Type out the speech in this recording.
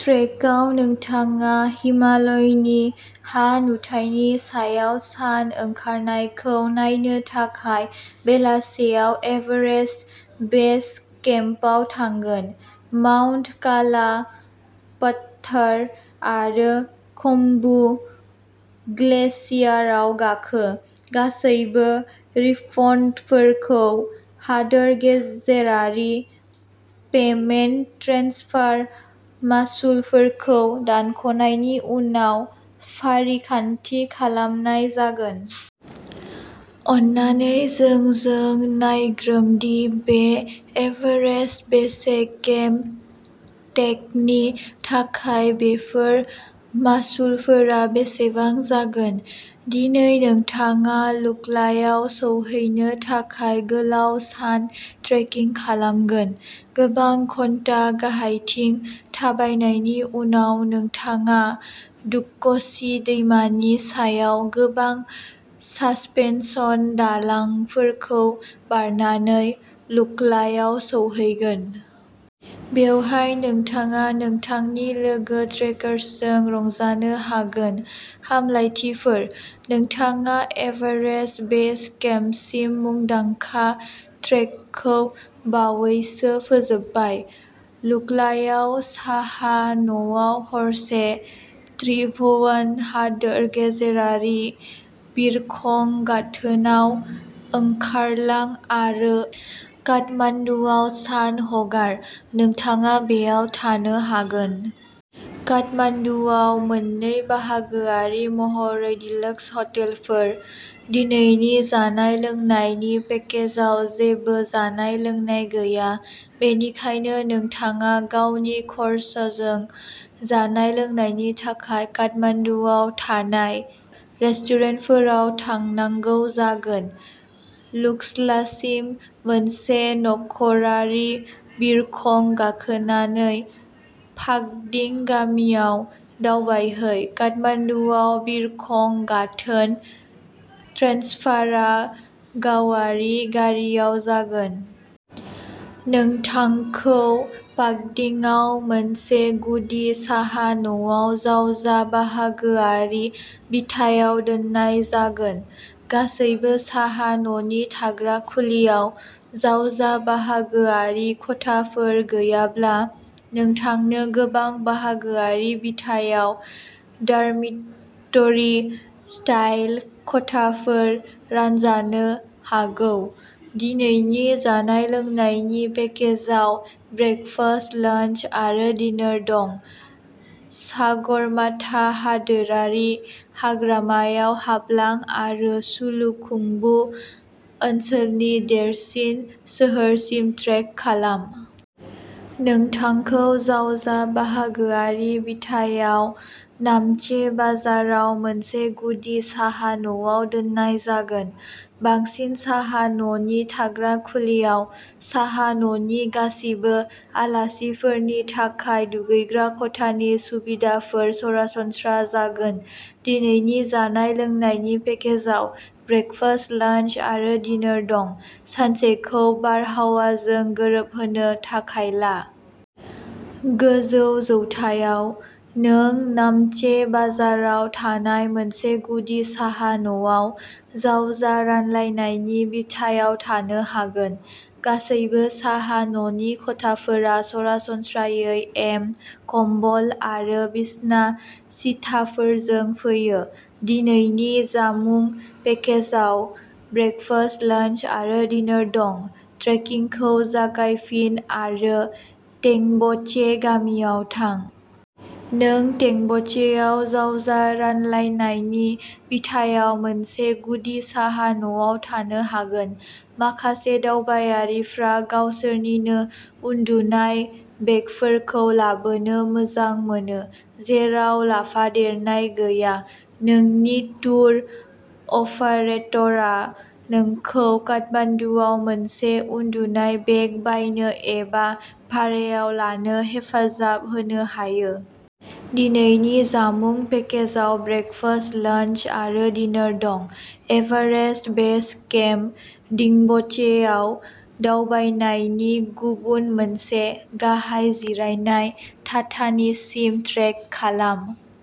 ट्रेकआव, नोंथाङा हिमालयनि हा-नुथायनि सायाव सान ओंखारनायखौ नायनो थाखाय बेलासियाव एभारेस्ट बेस केम्पआव थांगोन। माउन्ट काला पथ्थार आरो खुम्बु ग्लेशियारआव गाखो। गासैबो रिफन्डफोरखौ हादोर गेजेरारि पेमेन्ट ट्रेन्सफार मासुलफोरखौ दानख'नायनि उनाव फारिखान्थि खालामनाय जागोन। अन्नानै जोंजों नायग्रोम दि बे एभारेस्ट बेस केम्प ट्रेकनि थाखाय बेफोर मासुलफोरा बेसेबां जागोन। दिनै नोंथाङा लुकलायाव सौहैनो थाखाय गोलाव सान ट्रेकिं खालामगोन। गोबां घन्टा गाहायथिं थाबायनायनि उनाव, नोंथाङा दुधक'शि दैमानि सायाव गोबां सासपेनसन दालांफोरखौ बारनानै लुकलायाव सौहैगोन। बेवहाय, नोंथाङा नोंथांनि लोगो ट्रेकर्सजों रंजानो हागोन। हामलायथिफोर! नोंथाङा एभारेस्ट बेस केम्पसिम मुंदांखा ट्रेकखौ बावैसो फोजोबबाय। लुकलायाव साहा-न'आव हरसे। त्रिभुवन हादोर गेजेरारि बिरखं गाथोनाव ओंखारलां आरो काठमाण्डूआव सान हगार। नोंथाङा बेयाव थानो हागोन। काठमाण्डुआव मोननै-बाहागोआरि महरै डीलक्स हटेलफोर। दिनैनि जानाय-लोंनायनि पेकेजआव जेबो जानाय-लोंनाय गैया, बेनिखायनो नोंथाङा गावनि खरसजों जानाय-लोंनायनि थाखाय काठमाण्डुआव थानाय रेस्टुरेन्टफोराव थांनांगौ जागोन। लुक्लासिम मोनसे नखरारि बिरखं गाखोनानै फाखदिं गामियाव दावबायहै। काठमाण्डुआव बिरखं गाथोन ट्रेन्सफारआ गावारि गारिआव जागोन। नोंथांखौ फाक्दिंआव मोनसे गुदि साहा-न'आव जावजा-बाहागोआरि बिथायाव दोननाय जागोन। गासैबो साहा-न'नि थाग्रा खुलियाव, जावजा-बाहागोआरि खथाफोर गैयाब्ला, नोंथांनो गोबां-बाहागोआरि बिथायाव डर्मिटरि-स्टाइल खथाफोर रानजानो हागौ। दिनैनि जानाय-लोंनायनि पेकेजाव ब्रेकफास्ट, लान्स आरो डिनर दं। सागरमाथा हादोरारि हाग्रामायाव हाबलां आरो सलुखुंबु ओनसोलनि देरसिन सोहोरसिम ट्रेक खालाम। नोंथांखौ जावजा-बाहागोआरि बिथायाव नामचे बाजाराव मोनसे गुदि साहा-न'आव दोननाय जागोन। बांसिन साहा-न'नि थाग्रा खुलियाव, साहा-न'नि गासिबो आलासिफोरनि थाखाय दुगैग्रा खथानि सुबिदाफोरा सरासनस्रा जागोन। दिनैनि जानाय-लोंनायनि पेकेजाव ब्रेकफास्ट, लान्स आरो डिनर दं। सानसेखौ बारहावाजों गोरोबहोनो थाखाय ला। गोजौ जौथायाव। नों नामचे बाजाराव थानाय मोनसे गुदि साहा-न'आव जावजा-रानलायनायनि बिथायाव थानो हागोन। गासैबो साहा-न'नि खथाफोरा सरासनस्रायै एम, कम्बल आरो बिसना-सिथाफोरजों फैयो। दिनैनि जामुं पेकेजआव ब्रेकफास्ट, लान्स आरो डिनर दं। ट्रेकिंखौ जागायफिन आरो टेंब'चे गामियाव थां। नों टेंब'चेआव जावजा-रानलायनायनि बिथायाव मोनसे गुदि साहा-न'आव थानो हागोन। माखासे दावबायारिफ्रा गावसोरनिनो उनदुनाय बेगफोरखौ लाबोनो मोजां मोनो। जेराव लाफादेरनाय गैया, नोंनि टुर अपारेटरआ नोंखौ काठमान्डूआव मोनसे उनदुनाय बेग बायनो एबा भारायाव लानो हेफाजाब होनो हायो। दिनैनि जामुं पेकेजाव ब्रेकफास्ट, लान्स आरो डिनर दं। एभारेस्ट बेस केम्प, डिंब'चेआव दावबायनायनि गुबुन मोनसे, गाहाय जिरायनाय थाथानिसिम ट्रेक खालाम।